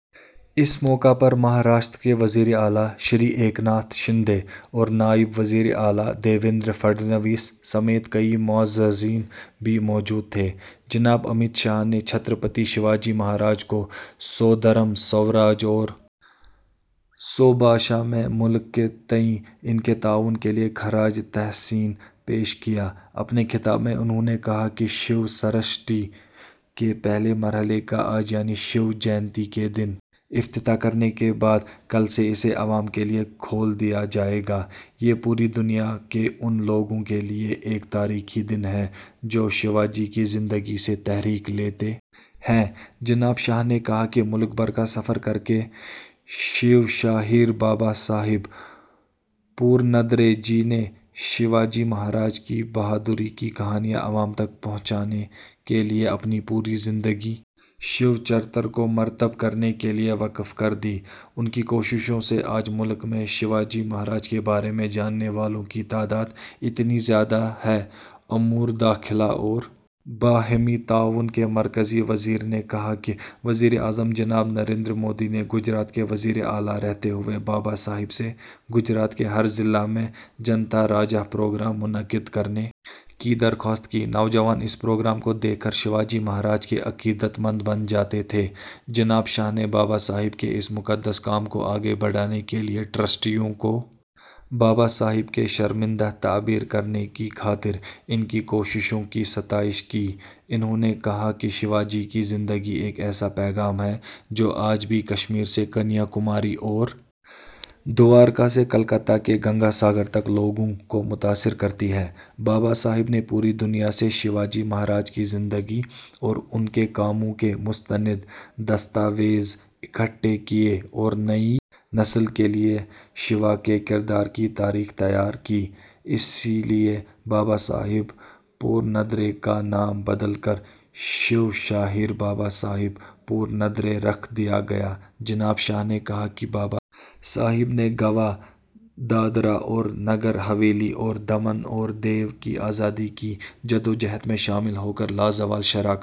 اس موقع پر مہاراشٹر کے وزیر اعلی شری ایکناتھ شندے اور نائب وزیر اعلیٰ دیویندر فڑنویس سمیت کئی معززین بھی موجود تھے جناب امت شاہ نے چھترپتی شیواجی مہاراج کو سودھرم سوراج اور سوبھاشا میں ملک کے تئیں ان کے تعاون کے لیے خراج تحسین پیش کیا اپنے خطاب میں انہوں نے کہا کہ شیو سرشتی کے پہلے مرحلے کا آج یعنی شیو جینتی کے دن افتتاح کرنے کے بعد کل سے اسے عوام کے لیے کھول دیا جائے گا یہ پوری دنیا کے ان لوگوں کے لیے ایک تاریخی دن ہے جو شیواجی کی زندگی سے تحریک لیتے ہیں جناب شاہ نے کہا کہ ملک بھر کا سفر کر کے شیو شاہیر بابا صاحب پورندرے جی نے شیواجی مہاراج کی بہادری کی کہانیاں عوام تک پہنچانے کے لیے اپنی پوری زندگی شیو چرتر کو مرتب کرنے کے لیے وقف کر دی ان کی کوششوں سے ہی آج ملک میں شیواجی مہاراج کے بارے میں جاننے والوں کی تعداد اتنی زیادہ ہے امور داخلہ اور باہمی تعاون کے مرکزی وزیر نے کہا کہ وزیر اعظم جناب نریندر مودی نے گجرات کے وزیر اعلیٰ رہتے ہوئے بابا صاحب سے گجرات کے ہر ضلع میں جنتا راجہ پروگرام منعقد کرنے کی درخواست کی نوجوان اس پروگرام کو دیکھ کر شیواجی مہاراج کے عقیدت مند بن جاتے تھے جناب شاہ نے بابا صاحب کے اس مقدس کام کو آگے بڑھانے کے لیے ٹرسٹیوں کو بابا صاحب کے شرمندہ تعبیر کرنے کی خاطر ان کی کوششوں کی ستائش کی انہوں نے کہا کہ شیواجی کی زندگی ایک ایسا پیغام ہے جو آج بھی کشمیر سے کنیا کماری اور دوارکا سے کلکتہ کے گنگا ساگر تک لوگوں کو متاثر کرتی ہے بابا صاحب نے پوری دنیا سے شیواجی مہاراج کی زندگی اور ان کے کاموں کے مستند دستاویز اکٹھے کیے اور نئی نسل کے لیے شیوا کے کردار کی تاریخ تیار کی اسی لیے بابا صاحب پورندرے کا نام بدل کر شیو شاہیر بابا صاحب پورندرے رکھ دیا گیا جناب شاہ نے کہا کہ بابا صاحب نے گوا دادرا اور نگر حویلی اور دمن اور دیو کی آزادی کی جدوجہد میں شامل ہو کر لازوال شراکت